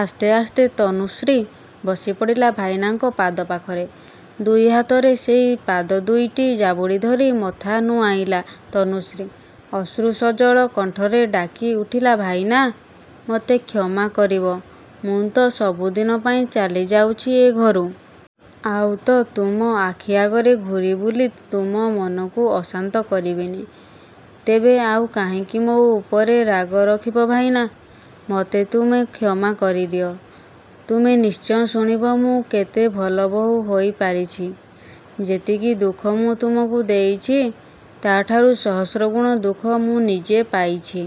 ଆସ୍ତେ ଆସ୍ତେ ତନୁଶ୍ରୀ ବସି ପଡ଼ିଲା ଭାଇନାଙ୍କ ପାଦ ପାଖରେ। ଦୁଇ ହାତରେ ସେଇ ପାଦ ଦୁଇଟି ଜାବୁଡ଼ି ଧରି ମଥା ନୁଆଁଇଲା ତନୁଶ୍ରୀ। ଅଶ୍ରୁ ସଜଳ କଣ୍ଠରେ ଡାକି ଉଠିଲା ଭାଇନା, ମତେ କ୍ଷମା କରିବ। ମୁଁ ତ ସବୁଦିନ ପାଇଁ ଚାଲି ଯାଉଛି ଏ ଘରୁ। ଆଉ ତ ତୁମ ଆଖି ଆଗରେ ଘୂରି ବୁଲି ତୁମ ମନକୁ ଅଶାନ୍ତ କରିବିନି, ତେବେ ଆଉ କାହିଁକି ମୋ ଉପରେ ରାଗ ରଖିବ ଭାଇନା, ମତେ ତୁମେ କ୍ଷମା କରିଦିଅ। ତୁମେ ନିଶ୍ଚୟ ଶୁଣିବ ମୁଁ କେତେ ଭଲ ବୋହୂ ହୋଇ ପାରିଛି। ଯେତିକି ଦୁଃଖ ମୁଁ ତୁମକୁ ଦେଇଛି ତା'ଠାରୁ ସହସ୍ର ଗୁଣ ଦୁଃଖ ମୁଁ ନିଜେ ପାଇଛି।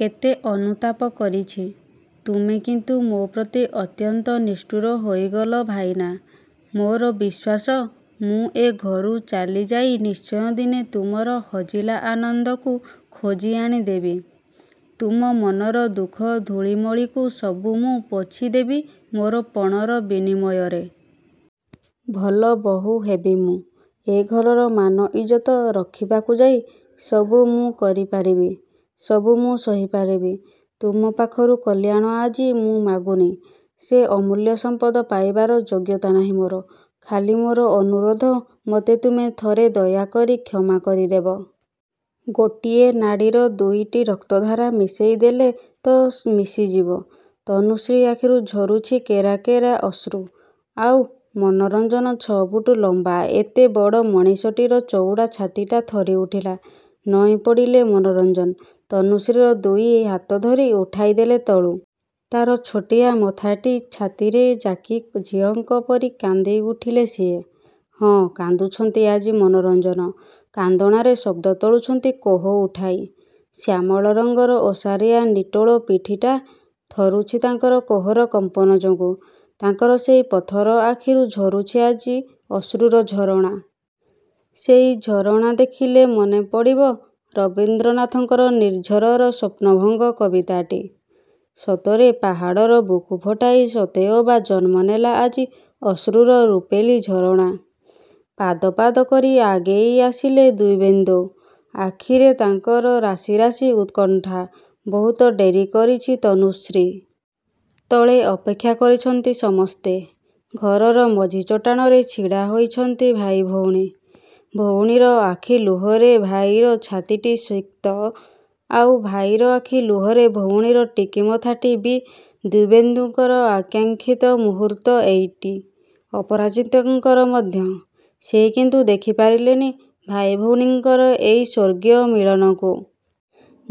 କେତେ ଅନୁତାପ କରିଛି। ତୁମେ କିନ୍ତୁ ମୋ ପ୍ରତି ଅତ୍ୟନ୍ତ ନିଷ୍ଠୁର ହୋଇଗଲ ଭାଇନା। ମୋର ବିଶ୍ୱାସ ମୁଁ ଏ ଘରୁ ଚାଲି ଯାଇ ନିଶ୍ଚୟ ଦିନେ ତୁମର ହଜିଲା ଆନନ୍ଦକୁ ଖୋଜି ଆଣି ଦେବି। ତୁମ ମନର ଦୁଃଖ ଧୂଳିମଳିକୁ ସବୁ ମୁଁ ପୋଛି ଦେବି ମୋର ପଣର ବିନିମୟରେ। ଭଲ ବୋହୂ ହେବି ମୁଁ। ଏ ଘରର ମାନ ଇଜ୍ଜତ ରଖିବାକୁ ଯାଇ ସବୁ ମୁଁ କରି ପାରିବି। ସବୁ ମୁଁ ସହି ପାରିବି। ତୁମ ପାଖରୁ କଲ୍ୟାଣ ଆଜି ମୁଁ ମାଗୁନି। ସେ ଅମୂଲ୍ୟ ସମ୍ପଦ ପାଇବାର ଯୋଗ୍ୟତା ନାହିଁ ମୋର। ଖାଲି ମୋର ଅନୁରୋଧ ମତେ ତୁମେ ଥରେ ଦୟାକରି କ୍ଷମା କରି ଦେବ। ଗୋଟିଏ ନାଡ଼ିର ଦୁଇଟି ରକ୍ତଧାରା ମିଶେଇ ଦେଲେ ତ ମିଶିଯିବ। ତନୁଶ୍ରୀ ଆଖିରୁ ଝରୁଛି କେରା କେରା ଅଶ୍ରୁ। ଆଉ ମନୋରଞ୍ଜନ ଛଅ ଫୁଟ ଲମ୍ବା ଏତେ ବଡ଼ ମଣିଷଟିର ଚଉଡ଼ା ଛାତିଟା ଥରି ଉଠିଲା। ନଇଁ ପଡ଼ିଲେ ମନୋରଞ୍ଜନ। ତନୁଶ୍ରୀର ଦୁଇ ହାତ ଧରି ଉଠାଇ ଦେଲେ ତଳୁ। ତା'ର ଛୋଟିଆ ମଥାଟି ଛାତିରେ ଯାକି ଝିଅଙ୍କ ପରି କାନ୍ଦି ଉଠିଲେ ସିଏ। ହଁ, କାନ୍ଦୁଛନ୍ତି ଆଜି ମନୋରଞ୍ଜନ। କାନ୍ଦଣାରେ ଶବ୍ଦ ତୋଳୁଛନ୍ତି କୋହ ଉଠାଇ। ଶ୍ୟାମଳ ରଙ୍ଗର ଓସାରିଆ ନିଟୋଳ ପିଠିଟା ଥରୁଛି ତାଙ୍କର କୋହର କମ୍ପନ ଯୋଗୁଁ। ତାଙ୍କର ସେଇ ପଥର ଆଖିରୁ ଝରୁଛି ଆଜି ଅଶ୍ରୁର ଝରଣା। ସେଇ ଝରଣା ଦେଖିଲେ ମନେ ପଡ଼ିବ ରବୀନ୍ଦ୍ରନାଥଙ୍କର 'ନିର୍ଝରର ସ୍ୱପ୍ନଭଙ୍ଗ' କବିତାଟି। ସତରେ, ପାହାଡ଼ର ବୁକୁ ଫଟାଇ ସତେଅବା ଜନ୍ମ ନେଲା ଆଜି ଅଶ୍ରୁର ରୂପେଲି ଝରଣା। ପାଦ, ପାଦ କରି ଆଗେଇ ଆସିଲେ ଦିବ୍ୟେନ୍ଦୁ। ଆଖିରେ ତାଙ୍କର ରାଶି ରାଶି ଉତ୍କଣ୍ଠା। ବହୁତ ଡେରି କରିଛି ତନୁଶ୍ରୀ। ତଳେ ଅପେକ୍ଷା କରିଛନ୍ତି ସମସ୍ତେ। ଘରର ମଝି ଚଟାଣରେ ଛିଡ଼ା ହୋଇଛନ୍ତି ଭାଇ ଭଉଣୀ। ଭଉଣୀର ଆଖି ଲୁହରେ ଭାଇର ଛାତିଟି ସିକ୍ତ, ଆଉ ଭାଇର ଆଖି ଲୁହରେ ଭଉଣୀର ଟିକି ମଥାଟି ବି। ଦିବ୍ୟେନ୍ଦୁଙ୍କର ଆକାଂକ୍ଷିତ ମୁହୂର୍ତ୍ତ ଏଇଟି। ଅପରାଜିତାଙ୍କର ମଧ୍ୟ। ସେ କିନ୍ତୁ ଦେଖି ପାରିଲେନି ଭାଇ ଭଉଣୀଙ୍କର ଏଇ ସ୍ୱର୍ଗୀୟ ମିଳନକୁ।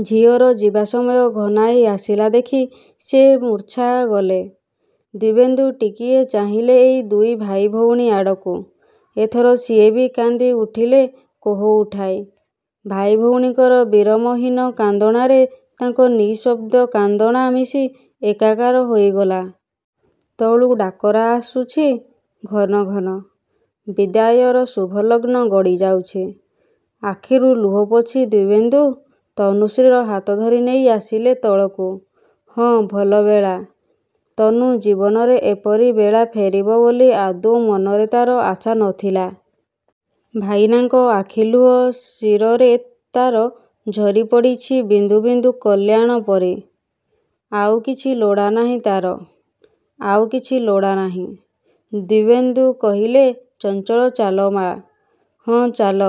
ଝିଅର ଯିବା ସମୟ ଘନାଇ ଆସିଲା ଦେଖି ସେ ମୂର୍ଚ୍ଛା ଗଲେ। ଦିବ୍ୟେନ୍ଦୁ ଟିକିଏ ଚାହିଁଲେ ଏଇ ଦୁଇ ଭାଇ ଭଉଣୀ ଆଡ଼କୁ। ଏଥର ସିଏ ବି କାନ୍ଦି ଉଠିଲେ କୋହ ଉଠାଇ। ଭାଇ ଭଉଣୀଙ୍କର ବିରମହୀନ କାନ୍ଦଣାରେ ତାଙ୍କର ନିଃଶବ୍ଦ କାନ୍ଦଣା ମିଶି ଏକାକାର ହୋଇଗଲା। ତଳୁ ଡାକରା ଆସୁଛି ଘନ ଘନ। ବିଦାୟର ଶୁଭଲଗ୍ନ ଗଡ଼ି ଯାଉଛି। ଆଖିରୁ ଲୁହ ପୋଛି ଦିବ୍ୟେନ୍ଦୁ ତନୁଶ୍ରୀର ହାତ ଧରି ନେଇ ଆସିଲେ ତଳକୁ। ହଁ ଭଲ ବେଳା। ତନୁ ଜୀବନରେ ଏପରି ବେଳା ଫେରିବ ବୋଲି ଆଦୌ ମନରେ ତା'ର ଆଶା ନଥିଲା। ଭାଇନାଙ୍କ ଆଖି ଲୁହ ଶିରରେ ତା'ର ଝରି ପଡ଼ିଛି ବିନ୍ଦୁ ବିନ୍ଦୁ କଲ୍ୟାଣ ପରି। ଆଉ କିଛି ଲୋଡ଼ା ନାହିଁ ତା'ର, ଆଉ କିଛି ଲୋଡ଼ା ନାହିଁ। ଦିବ୍ୟେନ୍ଦୁ କହିଲେ ଚଞ୍ଚଳ ଚାଲ ମାଆ। ହୁଁ ଚାଲ।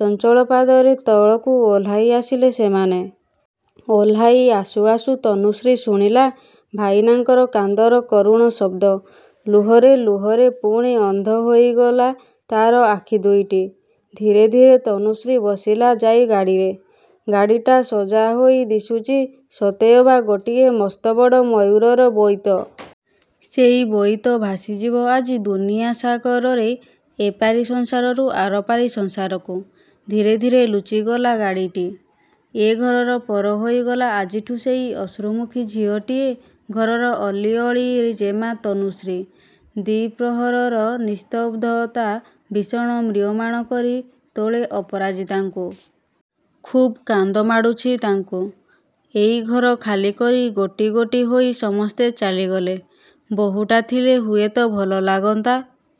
ଚଞ୍ଚଳ ପାଦରେ ତଳକୁ ଓହ୍ଲା‌ଇ ଆସିଲେ ସେମାନେ। ଓହ୍ଲା‌ଇ ଆସୁ ଆସୁ ତନୁଶ୍ରୀ ଶୁଣିଲା ଭାଇନାଙ୍କର କାନ୍ଦର କରୁଣ ଶବ୍ଦ। ଲୁହରେ ଲୁହରେ ପୁଣି ଅନ୍ଧ ହୋଇଗଲା ତା'ର ଆଖି ଦୁଇଟି। ଧୀରେ ଧୀରେ ତନୁଶ୍ରୀ ବସିଲା ଯାଇ ଗାଡ଼ିରେ। ଗାଡ଼ିଟା ସଜା ହୋଇ ଦିଶୁଛି ସତେଅବା ଗୋଟିଏ ମସ୍ତ ବଡ଼ ମୟୂରର ବୋଇତ। ସେଇ ବୋଇତ ଭାସି ଯିବ ଆଜି ଦୁନିଆ ସାଗରରେ ଏପାରି ସଂସାରରୁ ଆରପାରି ସଂସାରକୁ। ଧୀରେ ଧୀରେ ଲୁଚି ଗଲା ଗାଡ଼ିଟି। ଏ ଘରର ପର ହୋଇଗଲା ଆଜିଠୁ ସେଇ ଅଶ୍ରୁମୁଖୀ ଝିଅଟି ଏ ଘରର ଅଲିଅଳି ଜେମା ତନୁଶ୍ରୀ। ଦ୍ୱିପ୍ରହରର ନିସ୍ତବ୍ଧତା ଭୀଷଣ ମ୍ରିୟମାଣ କରି ତୋଳେ ଅପରାଜିତାଙ୍କୁ। ଖୁବ୍ କାନ୍ଦ ମାଡ଼ୁଛି ତାଙ୍କୁ। ଏଇ ଘର ଖାଲି କରି ଗୋଟି ଗୋଟି ହୋଇ ସମସ୍ତେ ଚାଲିଗଲେ। ବୋହୂଟା ଥିଲେ ହୁଏତ ଭଲ ଲାଗନ୍ତା।